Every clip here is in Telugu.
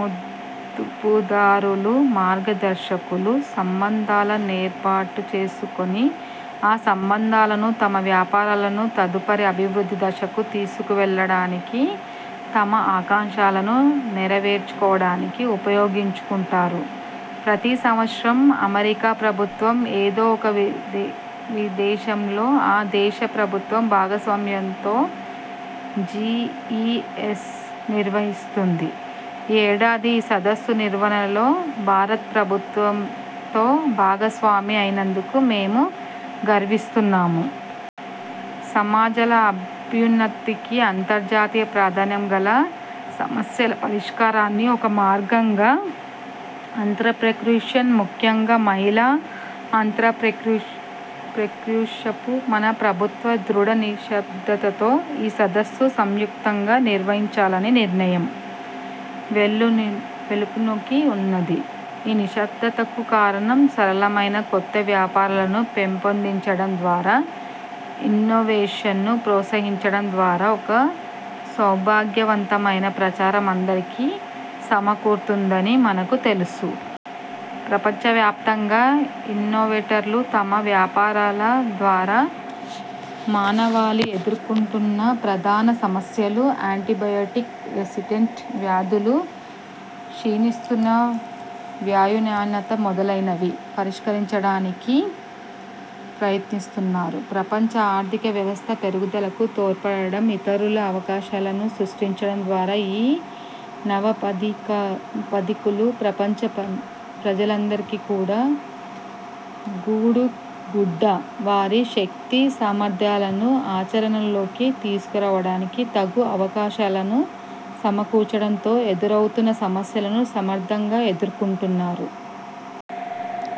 మదుపుదారులు, మార్గదర్శకులు సంబంధాల నేర్పాటు చేసుకొని, ఆ సంబంధాలను తమ వ్యాపారాలను తదుపరి అభివృద్ధి దశకు తీసుకు వెళ్ళడానికి, తమ ఆకాంక్షలను నెరవేర్చుకోవడానికి ఉపయోగించుకుంటారు. ప్రతి సంవత్సరమూ, అమెరికా ప్రభుత్వం, ఏదో ఒక విదేశంలో, ఆ దేశ ప్రభుత్వ భాగస్వామ్యంతో జిఇఎస్ను నిర్వహిస్తుంది. ఈ ఏడాది ఈ సదస్సు నిర్వహణలో భారత ప్రభుత్వంతో భాగస్వామి అయినందుకు మేము గర్విస్తున్నాము. సమాజాల అభ్యున్నతికి, అంతర్జాతీయ ప్రాధాన్యం గల సమస్యల పరిష్కారానికి ఒక మార్గంగా ఆంత్రప్రెన్యూర్షిప్, ముఖ్యంగా మహిళా ఆంత్రప్రెన్యూర్షిప్కు మన ప్రభుత్వాల దృఢ నిబద్ధతలో ఈ సదస్సును సంయుక్తంగా నిర్వహించాలన్న నిర్ణయం వేళ్ళూనుకునివున్నది. ఈ నిబద్ధతకు కారణం సరళమైనది. కొత్త వ్యాపారాలను పెంపొందించడం ద్వారా, ఇన్నోవేషన్ను ప్రోత్సహించడం ద్వారా ఒక సౌభాగ్యవంతమైన ప్రపంచం అందరికీ సమకూరుతుందని మనకు తెలుసు. ప్రపంచవ్యాప్తంగా ఇన్నోవేటర్లు తమ వ్యాపారాల ద్వారా మానవాళి ఎదుర్కొంటున్న ప్రధాన సమస్యలను––యాన్టీబయోటిక్ రెసిస్టెంట్ వ్యాధులు, క్షీణిస్తున్న వాయు నాణ్యత మొదలైనవి––పరిష్కరించడానికి ప్రయత్నిస్తున్నారు. ప్రపంచ ఆర్థిక వ్యవస్థ పెరుగుదలకు తోడ్పడడం, ఇతరులకు అవకాశాలను సృష్టించడం ద్వారా ఈ నవ పథికులు ప్రపంచ ప్రజలందరికీ కూడు, గూడు, గుడ్డ, వారి శక్తి సామర్థ్యాలను ఆచర ణలలోకి తీసుకురావడానికి తగు అవకాశాలను సమకూర్చడంలో ఎదురవుతున్న సమస్యలను సమర్థంగా ఎదుర్కొంటున్నారు.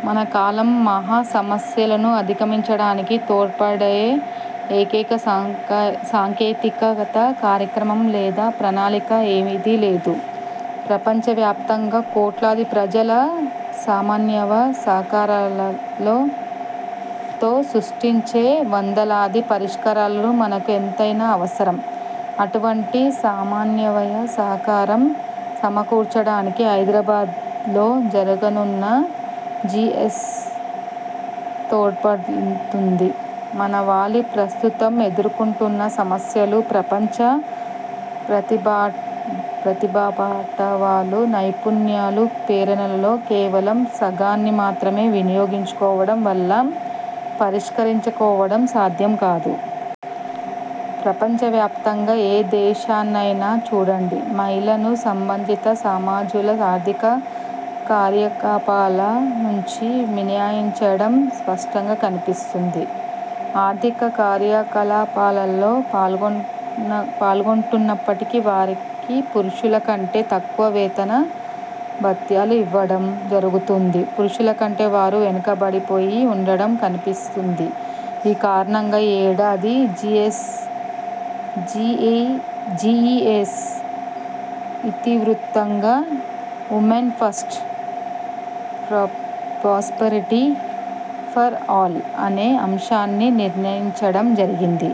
మన కాలం మహా సమస్యలను అధిగమించడానికి తోడ్పడే ఏకైక సాంకేతికత, కార్యక్రమం లేదా ప్రణాళిక ఏదీ లేదు. ప్రపంచవ్యాప్తంగా కోట్లాది ప్రజలు సమన్వయ సహకారాలతో సృష్టించే వందలాది పరిష్కారాలు మనకు ఎంతైనా అవసరం. అటువంటి సమన్వయ సహకారం సమకూరడానికి హైదరాబాద్లో జరగనున్న జిఇఎస్ తోడ్పడుతుంది. మానవాళి ప్రస్తుతం ఎదుర్కొంటున్న సమస్యలను, ప్రపంచ ప్రతిభాపాటవాలు, నైపుణ్యాలు, ప్రేరణలలో కేవలం సగాన్ని మాత్రమే వినియోగించుకోవడం వల్ల పరిష్కరించుకోవడం సాధ్యం కాదు. ప్రపంచవ్యాప్తంగా ఏ దేశాన్నయినా చూడండి– మహిళలను సంబంధిత సమాజాల ఆర్థిక కార్యకలాపాల నుంచి మినహాయించడం స్పష్టంగా కన్పిస్తుంది. ఆర్థిక కార్యకలాపాలలో పాల్గొంటున్నప్పటికీ వారికి పురుషులకంటే తక్కువ వేతన భత్యాలు ఇవ్వడం జరుగుతోంది. పురుషులకంటే వారు వెనుకబడిపోయి వుండడం కన్పిస్తుంది. ఈ కారణంగానే ఈ ఏడాది జిఇఎస్ ఇతివృత్తంగా 'women first, prosperity for all' అనే అంశాన్ని నిర్ణయించడం జరిగింది.